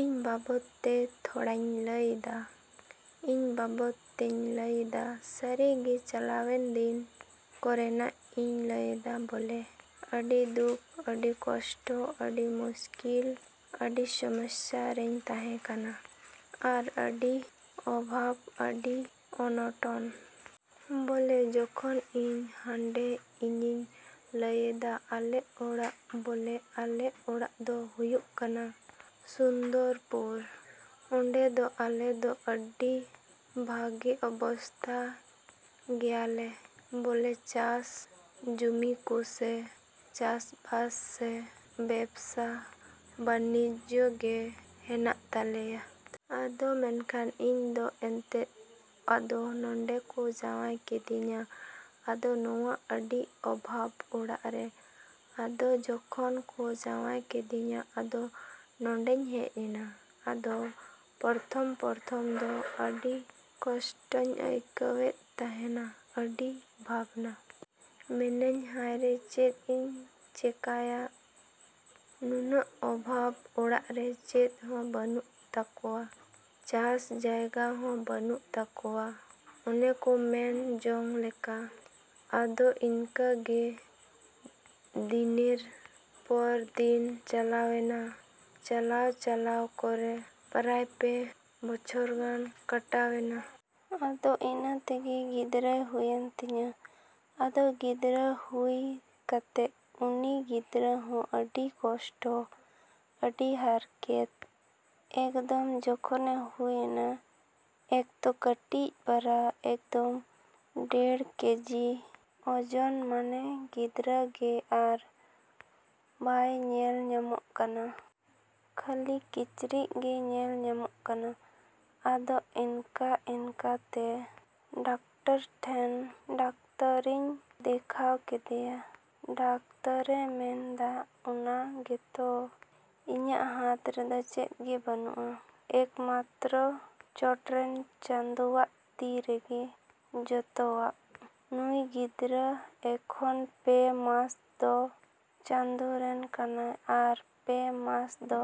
ᱤᱧ ᱵᱟᱵᱚᱫ ᱛᱮ ᱛᱷᱚᱲᱟᱧ ᱞᱟᱹᱭᱮᱫᱟ᱾ ᱤᱧ ᱵᱟᱵᱚᱫ ᱛᱤᱧ ᱞᱟᱹᱭᱮᱫᱟ ᱥᱟᱹᱨᱤ ᱜᱮ ᱪᱟᱞᱟᱣᱮᱱ ᱫᱤᱱ ᱠᱚᱨᱮᱱᱟᱜ ᱤᱧ ᱞᱟᱹᱭᱮᱫᱟ ᱵᱚᱞᱮ, ᱟᱹᱰᱤ ᱫᱩᱠ, ᱟᱹᱰᱤ ᱠᱚᱥᱴᱚ, ᱟᱹᱰᱤ ᱢᱩᱥᱠᱤᱞ, ᱟᱹᱰᱤ ᱥᱚᱢᱚᱥᱥᱟ ᱨᱮᱧ ᱛᱟᱦᱮᱸ ᱠᱟᱱᱟ᱾ ᱟᱨ ᱟᱹᱰᱤ ᱚᱵᱷᱟᱵ, ᱟᱹᱰᱤ ᱚᱱᱚᱴᱚᱱ᱾ ᱵᱚᱞᱮ ᱡᱚᱠᱷᱚᱱ ᱤᱧ ᱦᱟᱸᱰᱮ ᱤᱧᱤᱧ ᱞᱟᱹᱭᱮᱫᱟ ᱟᱞᱮ ᱚᱲᱟᱜ ᱵᱚᱞᱮ ᱟᱞᱮ ᱚᱲᱟᱜ ᱫᱚ ᱦᱩᱭᱩᱜ ᱠᱟᱱᱟ ᱥᱩᱱᱫᱚᱨᱯᱩᱨ᱾ ᱚᱸᱰᱮ ᱫᱚ ᱟᱞᱮ ᱫᱚ ᱟᱹᱰᱤ ᱵᱷᱟᱜᱮ ᱚᱵᱚᱥᱛᱟ ᱜᱮᱭᱟᱞᱮ ᱵᱚᱞᱮ ᱪᱟᱥ ᱡᱩᱢᱤ ᱠᱚ ᱥᱮ ᱪᱟᱥᱵᱟᱥ ᱥᱮ ᱵᱮᱵᱥᱟ ᱵᱟᱱᱱᱤᱡᱡᱚ ᱜᱮ ᱦᱮᱱᱟᱜ ᱛᱟᱞᱮᱭᱟ᱾ ᱟᱫᱚ ᱢᱮᱱᱠᱷᱟᱱ ᱤᱧ ᱫᱚ ᱮᱱᱛᱮᱫ ᱟᱫᱚ ᱱᱚᱸᱰᱮ ᱠᱚ ᱡᱟᱸᱣᱟᱭ ᱠᱤᱫᱤᱧᱟ᱾ ᱟᱫᱚ ᱱᱚᱶᱟ ᱟᱹᱰᱤ ᱚᱵᱷᱟᱵ ᱚᱲᱟᱜ ᱨᱮ᱾ ᱟᱫᱚ ᱡᱚᱠᱷᱚᱱ ᱠᱚ ᱡᱟᱶᱟᱭ ᱠᱤᱫᱤᱧᱟ, ᱟᱫᱚ ᱱᱚᱸᱰᱮᱧ ᱦᱮᱡ ᱮᱱᱟ᱾ ᱟᱫᱚ ᱯᱨᱚᱛᱷᱚᱢᱼᱯᱨᱚᱛᱷᱚᱢ ᱫᱚ ᱟᱹᱰᱤ ᱠᱚᱥᱴᱚᱧ ᱟᱹᱭᱠᱟᱹᱣᱮᱫ ᱛᱟᱦᱮᱱᱟ, ᱟᱹᱰᱤ ᱵᱷᱟᱵᱱᱟ᱾ ᱢᱮᱱᱟᱹᱧ ᱦᱟᱭᱨᱮ ᱪᱮᱫ ᱤᱧ ᱪᱮᱠᱟᱭᱟ, ᱱᱩᱱᱟᱹᱜ ᱚᱵᱷᱟᱵ ᱚᱲᱟᱜ ᱨᱮ ᱪᱮᱫ ᱦᱚᱸ ᱵᱟᱹᱱᱩᱜ ᱛᱟᱠᱚᱣᱟ᱾ ᱪᱟᱥ ᱡᱟᱭᱜᱟ ᱦᱚᱸ ᱵᱟᱹᱱᱩᱜ ᱛᱟᱠᱚᱣᱟ ᱚᱱᱮ ᱠᱚ ᱢᱮᱱ ᱡᱚᱝ ᱞᱮᱠᱟ᱾ ᱟᱫᱚ ᱤᱱᱠᱟᱹ ᱜᱮ ᱫᱤᱱᱮᱨ ᱯᱚᱨ ᱫᱤᱱ ᱪᱟᱞᱟᱣᱮᱱᱟ, ᱪᱟᱞᱟᱣᱼᱪᱟᱞᱟᱣ ᱠᱚᱨᱮ ᱯᱨᱟᱭ ᱯᱮ ᱵᱚᱪᱷᱚᱨ ᱜᱟᱱ ᱠᱟᱴᱟᱣᱮᱱᱟ᱾ ᱟᱫᱚ ᱤᱱᱟᱹ ᱛᱮᱜᱮ ᱜᱤᱫᱽᱨᱟᱹᱭ ᱦᱩᱭᱮᱱ ᱛᱤᱧᱟ᱾ ᱟᱫᱚ ᱜᱤᱫᱽᱨᱟᱹ ᱦᱩᱭ ᱠᱟᱛᱮ ᱩᱱᱤ ᱜᱤᱫᱽᱨᱟᱹ ᱦᱚᱸ ᱟᱹᱰᱤ ᱠᱚᱥᱴᱚ, ᱟᱹᱰᱤ ᱦᱟᱨᱠᱮᱛ᱾ ᱮᱠᱫᱚᱢ ᱡᱚᱠᱷᱚᱱᱮ ᱦᱩᱭᱮᱱᱟ ᱮᱛᱚ ᱠᱟᱹᱴᱤᱡ ᱯᱟᱨᱟ, ᱮᱠᱫᱚᱢ ᱰᱮᱲ ᱠᱮᱡᱤ ᱳᱡᱚᱱ, ᱢᱟᱱᱮ ᱜᱤᱫᱽᱨᱟᱹ ᱜᱮ ᱟᱨ ᱵᱟᱭ ᱧᱮᱞ ᱧᱟᱢᱚᱜ ᱠᱟᱱᱟ᱾ ᱠᱷᱟᱹᱞᱤ ᱠᱤᱪᱨᱤᱡ ᱜᱮ ᱧᱮᱞ ᱧᱟᱢᱚᱜ ᱠᱟᱱᱟ᱾ ᱟᱫᱚ ᱮᱱᱠᱟᱼᱮᱱᱠᱟ ᱛᱮ ᱰᱟᱠᱛᱟᱨ ᱴᱷᱮᱱ, ᱰᱟᱠᱛᱟᱨᱤᱧ ᱫᱮᱠᱷᱟᱣ ᱠᱮᱫᱮᱭᱟ᱾ ᱰᱟᱠᱛᱟᱨᱮ ᱢᱮᱱᱫᱟ, ᱚᱱᱟ ᱜᱮᱛᱚ ᱤᱧᱟᱹᱜ ᱦᱟᱛ ᱨᱮᱫᱚ ᱪᱮᱫ ᱜᱮ ᱵᱟᱱᱩᱜᱼᱟ, ᱮᱠᱢᱟᱛᱨᱚ ᱪᱚᱴᱨᱮᱱ ᱪᱟᱸᱫᱚᱣᱟᱜ ᱛᱤ ᱨᱮᱜᱮ ᱡᱚᱛᱚᱣᱟᱜ᱾ ᱱᱩᱭ ᱜᱤᱫᱽᱨᱟᱹ ᱮᱠᱷᱚᱱ ᱯᱮ ᱢᱟᱥ ᱫᱚ ᱪᱟᱸᱫᱚ ᱨᱮᱱ ᱠᱟᱱᱟᱭ ᱟᱨ ᱯᱮ ᱢᱟᱥ ᱫᱚ,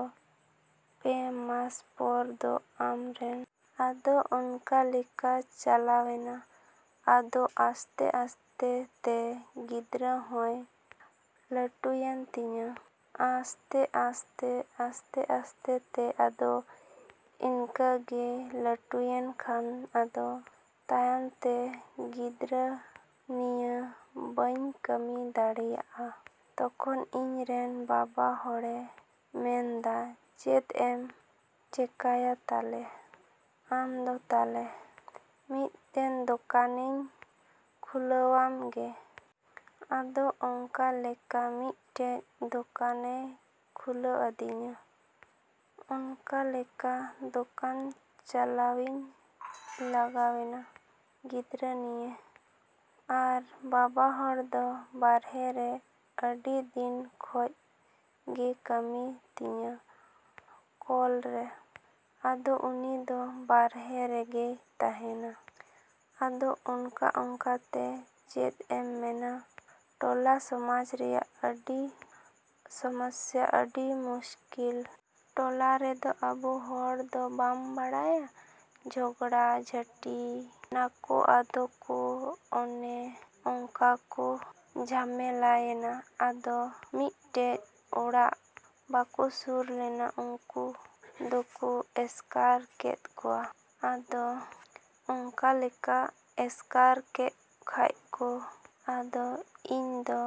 ᱯᱮ ᱢᱟᱥ ᱯᱚᱨ ᱫᱚ ᱟᱢ ᱨᱮᱱ᱾ ᱟᱫᱚ ᱚᱱᱠᱟ ᱞᱮᱠᱟ ᱪᱟᱞᱟᱣᱮᱱᱟ᱾ ᱟᱫᱚ ᱟᱥᱛᱮᱼᱟᱥᱛᱮ ᱛᱮ ᱜᱤᱫᱽᱨᱟᱹ ᱦᱚᱸᱭ ᱞᱟᱴᱩᱭᱮᱱ ᱛᱤᱧᱟ᱾ ᱟᱥᱛᱮᱼᱟᱥᱛᱮᱼᱟᱥᱛᱮᱼᱟᱥᱛᱮ ᱛᱮ ᱟᱫᱚ ᱤᱱᱠᱟ ᱜᱮᱭ ᱞᱟᱴᱩᱭᱮᱱ ᱠᱷᱟᱱ ᱟᱫᱚ ᱛᱟᱭᱚᱢ ᱛᱮ ᱜᱤᱫᱽᱨᱟᱹ ᱱᱤᱭᱟᱹ ᱵᱟᱹᱧ ᱠᱟᱹᱢᱤ ᱫᱟᱲᱮᱭᱟᱜᱼᱟ ᱛᱚᱠᱷᱚᱱ ᱤᱧ ᱨᱮᱱ ᱵᱟᱵᱟ ᱦᱚᱲᱮ ᱢᱮᱱᱫᱟ ᱪᱮᱫ ᱮᱢ ᱪᱮᱠᱟᱭᱟ ᱛᱟᱞᱮ ᱟᱢᱫᱚ ᱛᱟᱞᱮ ᱢᱤᱫᱴᱮᱱ ᱫᱚᱠᱟᱱᱤᱧ ᱠᱷᱩᱞᱟᱹᱣᱟᱢ ᱜᱮ᱾ ᱟᱫᱚ ᱚᱱᱠᱟᱞᱮᱠᱟ ᱢᱤᱫᱴᱮᱡ ᱫᱚᱠᱟᱱᱮᱭ ᱠᱷᱩᱞᱟᱹᱣ ᱟᱹᱫᱤᱧᱟ᱾ ᱚᱱᱠᱟᱞᱮᱠᱟ ᱫᱚᱠᱟᱱ ᱪᱟᱞᱟᱣᱤᱧ ᱞᱟᱜᱟᱣᱮᱱᱟ ᱜᱤᱫᱽᱨᱟᱹ ᱱᱤᱭᱮ᱾ ᱟᱨ ᱵᱟᱵᱟ ᱦᱚᱲ ᱫᱚ ᱵᱟᱨᱦᱮ ᱨᱮ ᱟᱹᱰᱤ ᱫᱤᱱ ᱠᱷᱚᱡ ᱜᱮᱭ ᱠᱟᱹᱢᱤ ᱛᱤᱧᱟ ᱠᱚᱞ ᱨᱮ᱾ ᱟᱫᱚ ᱩᱱᱤᱫᱚ ᱵᱟᱨᱦᱮ ᱨᱮᱜᱮᱭ ᱛᱟᱦᱮᱸᱱᱟ᱾ ᱟᱫᱚ ᱚᱱᱠᱟᱼᱚᱱᱠᱟ ᱛᱮ ᱪᱮᱫ ᱮᱢ ᱢᱮᱱᱟ ᱴᱚᱞᱟ ᱥᱚᱢᱟᱡᱽ ᱨᱮᱭᱟᱜ ᱟᱹᱰᱤ ᱥᱚᱢᱚᱥᱥᱟ, ᱟᱹᱰᱤ ᱢᱩᱥᱠᱤᱞ᱾ ᱴᱚᱞᱟ ᱨᱮᱫᱚ ᱟᱵᱚ ᱦᱚᱲ ᱫᱚ ᱵᱟᱢ ᱵᱟᱲᱟᱭᱟ ᱡᱷᱚᱜᱽᱲᱟ ᱡᱷᱟᱹᱴᱤᱭ ᱱᱟᱠᱚ ᱟᱫᱚ ᱠᱚ ᱚᱱᱮ ᱚᱱᱠᱟ ᱠᱚ ᱡᱷᱟᱢᱮᱞᱟᱭᱮᱱᱟ᱾ ᱟᱫᱚ ᱢᱤᱫᱴᱮᱡ ᱚᱲᱟᱜ ᱵᱟᱠᱚ ᱥᱩᱨ ᱞᱮᱱᱟ ᱩᱱᱠᱩ ᱫᱚᱠᱚ ᱮᱥᱠᱟᱨ ᱠᱮᱫ ᱠᱚᱣᱟ᱾ ᱟᱫᱚ ᱚᱱᱠᱟᱞᱮᱠᱟ ᱮᱥᱠᱟᱨ ᱠᱮᱫ ᱠᱷᱟᱡ ᱠᱚ ᱟᱫᱚ ᱤᱧᱫᱚ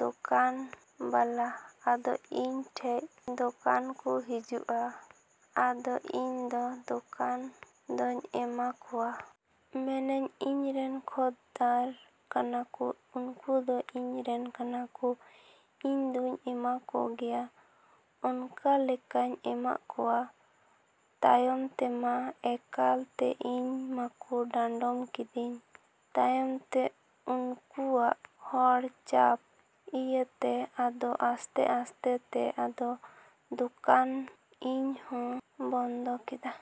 ᱫᱚᱠᱟᱱ ᱵᱟᱞᱟ, ᱟᱫᱚ ᱤᱧ ᱴᱷᱮᱡ ᱫᱚᱠᱟᱱ ᱠᱚ ᱦᱤᱡᱩᱜᱼᱟ, ᱟᱫᱚ ᱤᱧ ᱫᱚ ᱫᱚᱠᱟᱱ ᱫᱚᱧ ᱮᱢᱟ ᱠᱚᱣᱟ᱾ ᱢᱮᱱᱟᱹᱧ ᱤᱧ ᱨᱮᱱ ᱠᱷᱚᱫᱽᱫᱟᱨ ᱠᱟᱱᱟ ᱠᱚ ᱩᱱᱠᱩ ᱫᱚ ᱤᱧ ᱨᱮᱱ ᱠᱟᱱᱟ ᱠᱚ ᱤᱧ ᱫᱩᱧ ᱮᱢᱟ ᱠᱚᱜᱮᱭᱟ᱾ ᱚᱱᱠᱟ ᱞᱮᱠᱟᱧ ᱮᱢᱟ ᱠᱚᱣᱟ᱾ ᱛᱟᱭᱚᱢ ᱛᱮᱢᱟ ᱮᱠᱟᱞ ᱛᱮ ᱤᱧ ᱢᱟᱠᱚ ᱰᱟᱸᱰᱚᱢ ᱠᱤᱫᱤᱧ᱾ ᱛᱟᱭᱚᱢ ᱛᱮ ᱩᱱᱠᱩᱣᱟᱜ ᱦᱚᱲ ᱪᱟᱯ ᱤᱭᱟᱹᱛᱮ ᱟᱫᱚ ᱟᱥᱛᱮᱼᱟᱥᱛᱮ ᱛᱮ ᱟᱫᱚ ᱫᱚᱠᱟᱱ ᱤᱧᱦᱚᱸᱧ ᱵᱚᱱᱫᱚ ᱠᱮᱫᱟ᱾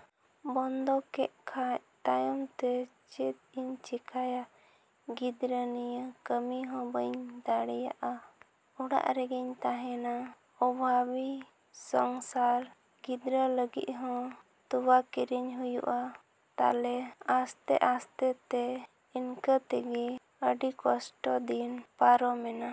ᱵᱚᱱᱫᱚ ᱠᱮᱫ ᱠᱷᱟᱡ ᱛᱟᱭᱚᱢ ᱛᱮ ᱪᱮᱫ ᱤᱧ ᱪᱤᱠᱟᱹᱭᱟ ᱜᱤᱫᱽᱨᱟᱹ ᱱᱤᱭᱮ ᱠᱟᱹᱢᱤ ᱦᱚᱸ ᱵᱟᱹᱧ ᱫᱟᱲᱮᱭᱟᱜᱼᱟ᱾ ᱚᱲᱟᱜ ᱨᱮᱜᱮᱧ ᱛᱟᱦᱮᱸᱱᱟ ᱚᱵᱷᱟᱵᱤ ᱥᱚᱝᱥᱟᱨ, ᱜᱤᱫᱽᱨᱟᱹ ᱞᱟᱹᱜᱤᱫ ᱦᱚᱸ ᱛᱚᱣᱟ ᱠᱤᱨᱤᱧ ᱦᱩᱭᱩᱜᱼᱟ᱾ ᱛᱟᱞᱮ ᱟᱥᱛᱮᱼᱟᱥᱛᱮ ᱛᱮ ᱤᱱᱠᱟᱹ ᱛᱮᱜᱮ ᱟᱹᱰᱤ ᱠᱚᱥᱴᱚ ᱫᱤᱱ ᱯᱟᱨᱚᱢᱮᱱᱟ᱾